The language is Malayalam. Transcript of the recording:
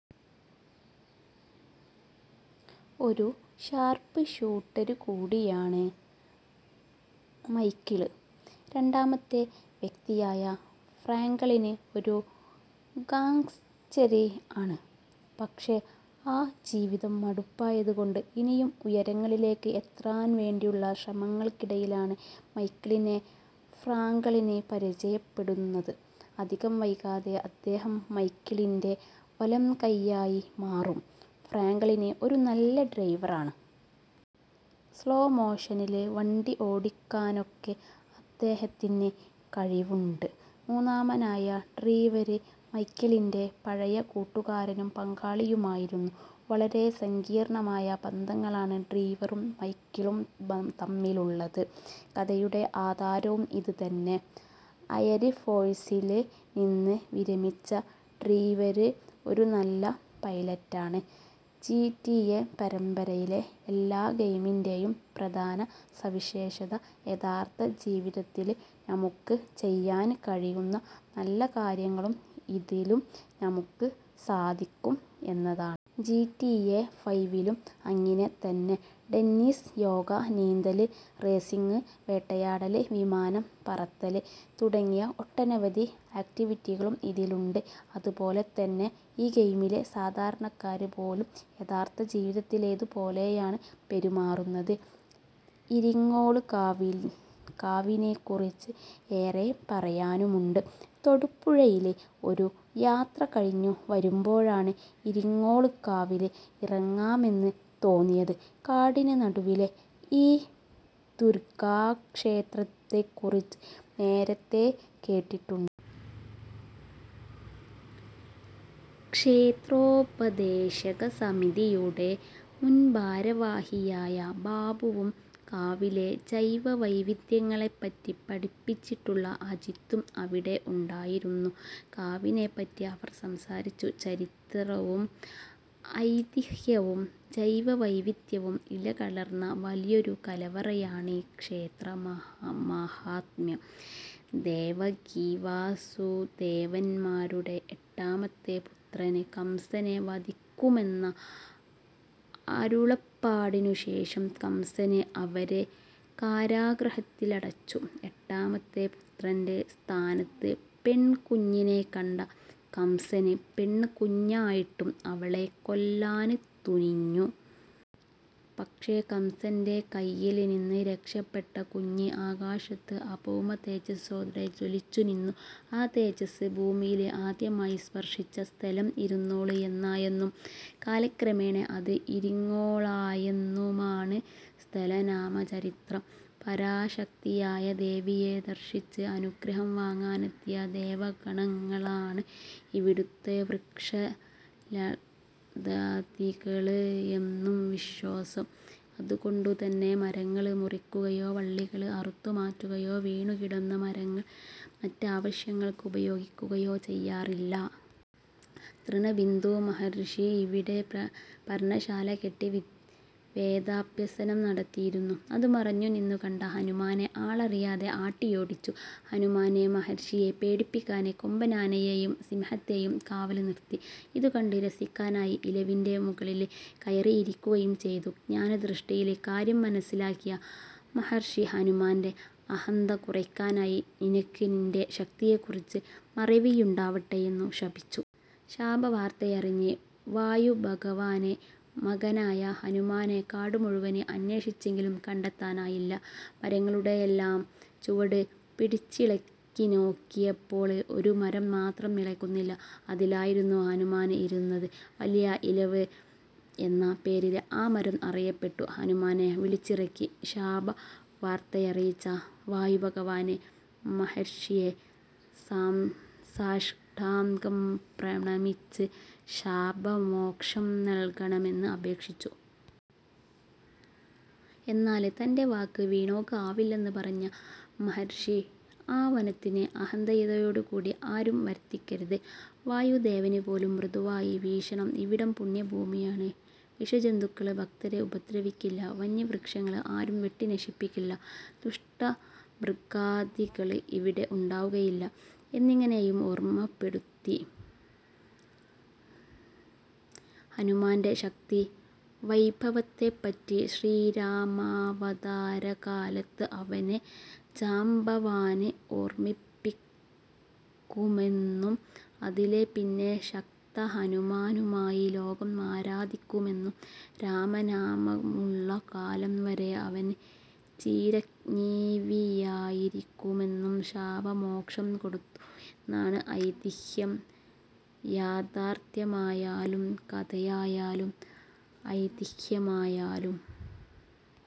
ഒരു ഷാര്പ്പ് ഷൂട്ടര് കൂടിയാണ് മൈക്കിള്. രണ്ടാമത്തെ വ്യക്തിയായ ഫ്രാങ്കളിന് ഒരു ഗാങ്സ്റ്റര് ആണ്. പക്ഷെ ആ ജീവിതം മടുപ്പായതുകൊണ്ട് ഇനിയും ഉയരങ്ങളിലേക്ക് എത്താന് വേണ്ടിയുള്ള ശ്രമങ്ങള്ക്കിടയിലാണ് മൈക്കിളിനെ ഫ്രാങ്കളിന് പരിചയപ്പെടുന്നത്. അധികം വൈകാതെ അദ്ദേഹം മൈക്കിളിന്റെ വലംകയ്യായി മാറും. ഫ്രാങ്കളിന് ഒരു നല്ല ഡ്രൈവറാണ്. സ്ലോ മോഷനില് വണ്ടി ഓടിക്കാനൊക്കെ അദ്ദേഹത്തിന് കഴിവുണ്ട്. മൂന്നാമനായ ട്രീവര് മൈക്കിളിന്റെ പഴയ കൂട്ടുകാരനും പങ്കാളിയുമായിരുന്നു, വളരെ സങ്കീര്ണ്ണമായ ബന്ധമാണ് ട്രീവറും മൈക്കിളും തമ്മിലുള്ളത്. കഥയുടെ ആധാരവും ഇത് തന്നെ. എയര് ഫോഴ്സില് നിന്ന് വിരമിച്ച ട്രീവര് ഒരു നല്ല പൈലറ്റാണ്. ജിറ്റിഎ പരമ്പരയിലെ എല്ലാ ഗെയിമിന്റെയും പ്രധാന സവിശേഷത, യഥാര്ത്ഥ ജീവിതത്തില് നമുക്ക് ചെയ്യാന് കഴിയുന്ന എല്ലാ കാര്യങ്ങളും ഇതിലും നമുക്ക് സാധിക്കും എന്നതാണ്. ജിറ്റിഎ ഫൈവിലും അങ്ങിനെ തന്നെ. ടെന്നീസ്, യോഗ, നീന്തല്, റേസിംഗ്, വേട്ടയാടല്, വിമാനം പറത്തല് തുടങ്ങി ഒട്ടനവധി ആക്റ്റിവിറ്റികളും ഇതിലുണ്ട്. അതുപോലെ തന്നെ, ഈ ഗെയിമിലെ സാധാരണക്കാര് പോലും യഥാര്ത്ഥ ജീവിതത്തിലേതു പോലെയാണ് പെരുമാറുന്നത്. ഇരിങ്ങോള്കാവിനെക്കുറിച്ച് ഏറെ പറയാനുമുണ്ട്. തൊടുപുഴയില് ഒരു യാത്ര കഴിഞ്ഞുവരുമ്പോഴാണ് ഇരിങ്ങോള്കാവില് ഇറങ്ങാമെന്ന് തോന്നിയത്. കാടിനു നടുവിലെ ഈ ദുര്ഗാക്ഷേത്രത്തെക്കുറിച്ച് നേരത്തെ കേട്ടിട്ടുണ്ട്. ക്ഷേത്രോപദേശക സമിതിയുടെ മുന്ഭാരവാഹിയായ ബാബുവും കാവിലെ ജൈവവൈവിധ്യങ്ങളെപ്പറ്റി പഠിച്ചിട്ടുള്ള അജിത്തും അവിടെയുണ്ടായിരുന്നു. കാവിനെപ്പറ്റി അവര് സംസാരിച്ചു. ചരിത്രവും ഐതിഹ്യവും ജൈവവൈവിധ്യവും ഇടകലര്ന്ന വലിയൊരു കലവറയാണീ ക്ഷേത്രമാഹാത്മ്യം. ദേവകീവാസുദേവന്മാരുടെ എട്ടാമത്തെ പുത്രന് കംസനെ വധിക്കുമെന്ന അരുളപ്പാടിനുശേഷം കംസന് അവരെ കാരാഗൃഹത്തിലടച്ചു. എട്ടാമത്തെ പുത്രന്റെ സ്ഥാനത്ത് പെണ്കുഞ്ഞിനെ കണ്ട കംസന് പെണ്കുഞ്ഞായിട്ടും അവളെ കൊല്ലാന് തുനിഞ്ഞു. പക്ഷേ, കംസന്റെ കയ്യില്നിന്ന് രക്ഷപ്പെട്ട കുഞ്ഞ് ആകാശത്ത് അഭൗമതേജസ്സോടെ ജ്വലിച്ചുനിന്നു. ആ തേജസ്സ് ഭൂമിയില് ആദ്യമായി സ്പര്ശിച്ച സ്ഥലം ഇരുന്നോള് എന്നായെന്നും കാലക്രമേണ അത് ഇരിങ്ങോളായെന്നുമാണ് സ്ഥലനാമ ചരിത്രം. പരാശക്തിയായ ദേവിയെ ദര്ശിച്ച് അനുഗ്രഹം വാങ്ങാനെത്തിയ ദേവഗണങ്ങളാണ് ഇവിടുത്തെ വൃക്ഷലതാദികള് എന്നും വിശ്വാസം. അതുകൊണ്ടുതന്നെ മരങ്ങള് മുറിക്കുകയോ വള്ളികള് അറുത്തുമാറ്റുകയോ വീണുകിടക്കുന്ന മരങ്ങള് മറ്റാവശ്യങ്ങള്ക്ക് ഉപയോഗിക്കുകയോ ചെയ്യാറില്ല. തൃണബിന്ദു മഹര്ഷി ഇവിടെ പര്ണശാല കെട്ടി വേദാഭ്യസനം നടത്തിയിരുന്നു. അത് മറഞ്ഞുനിന്നു കണ്ട ഹനുമാനെ ആളറിയാതെ ആട്ടിയോടിച്ചു. ഹനുമാന് മഹര്ഷിയെ പേടിപ്പിക്കാന് കൊമ്പനാനയെയും സിംഹത്തെയും കാവല് നിര്ത്തി. ഇതുകണ്ട് രസിക്കാനായി ഇലവിന്റെ മുകളില് കയറിയിരിക്കുകയും ചെയ്തു. ജ്ഞാനദൃഷ്ടിയില് കാര്യം മനസ്സിലാക്കിയ മഹര്ഷി ഹനുമാന്റെ അഹന്ത കുറയ്ക്കാനായി നിനക്ക് നിന്റെ ശക്തിയെക്കുറിച്ച് മറവിയുണ്ടാവട്ടെ എന്നു ശപിച്ചു. ശാപവാര്ത്തയറിഞ്ഞ് വായുഭഗവാന് മകനായ ഹനുമാനെ കാടു മുഴുവന് അന്വേഷിച്ചെങ്കിലും കണ്ടെത്താനായില്ല. മരങ്ങളുടെയെല്ലാം ചുവട് പിടിച്ചിളക്കിനോക്കിയപ്പോള് ഒരു മരം മാത്രം ഇളകുന്നില്ല. അതിലായിരുന്നു ഹനുമാന് ഇരുന്നത്. വലിയ ഇലവ് എന്ന പേരില് ആ മരം അറിയപ്പെട്ടു. ഹനുമാനെ വിളിച്ചിറക്കി ശാപവാര്ത്തയറിയിച്ച വായുഭഗവാന് മഹര്ഷിയെ സാഷ്ടാംഗം പ്രണമിച്ച് ശാപമോക്ഷം നല്കണമെന്ന് അപേക്ഷിച്ചു. എന്നാല് തന്റെ വാക്ക് വീണ്വാക്ക് ആവില്ലെന്ന് പറഞ്ഞ മഹര്ഷി ഈ വനത്തില് അഹന്തയോടുകൂടി ആരും വര്ത്തിക്കരുത്. വായുദേവന്പോലും മൃദുവായി വീശണം. ഇവിടം പുണ്യഭൂമിയാണ്, വിഷജന്തുക്കള് ഭക്തരെ ഉപദ്രവിക്കില്ല. വന്വൃക്ഷങ്ങള് ആരും വെട്ടിനശിപ്പിക്കില്ല. ദുഷ്ടമൃഗാദികള് ഇവിടെ ഉണ്ടാവുകയില്ല എന്നിങ്ങനെയും ഓര്മപ്പെടുത്തി. ഹനുമാന്റെ ശക്തി വൈഭവത്തെപറ്റി ശ്രീരാമാവതാരകാലത്ത് അവനെ ജാംബവാന് ഓര്മിപ്പിക്കുമെന്നും അതില് പിന്നെ ശക്തഹനുമാനായി ലോകം ആരാധിക്കുമെന്നും രാമനാമമുള്ള കാലം വരെ അവന് ചിരഞ്ജീവിയായിരിക്കുമെന്നും ശാപമോക്ഷം കൊടുത്തു എന്നാണ് ഐതിഹ്യം. യാഥാര്ഥ്യമായാലും കഥയായാലും ഐതിഹ്യമായാലും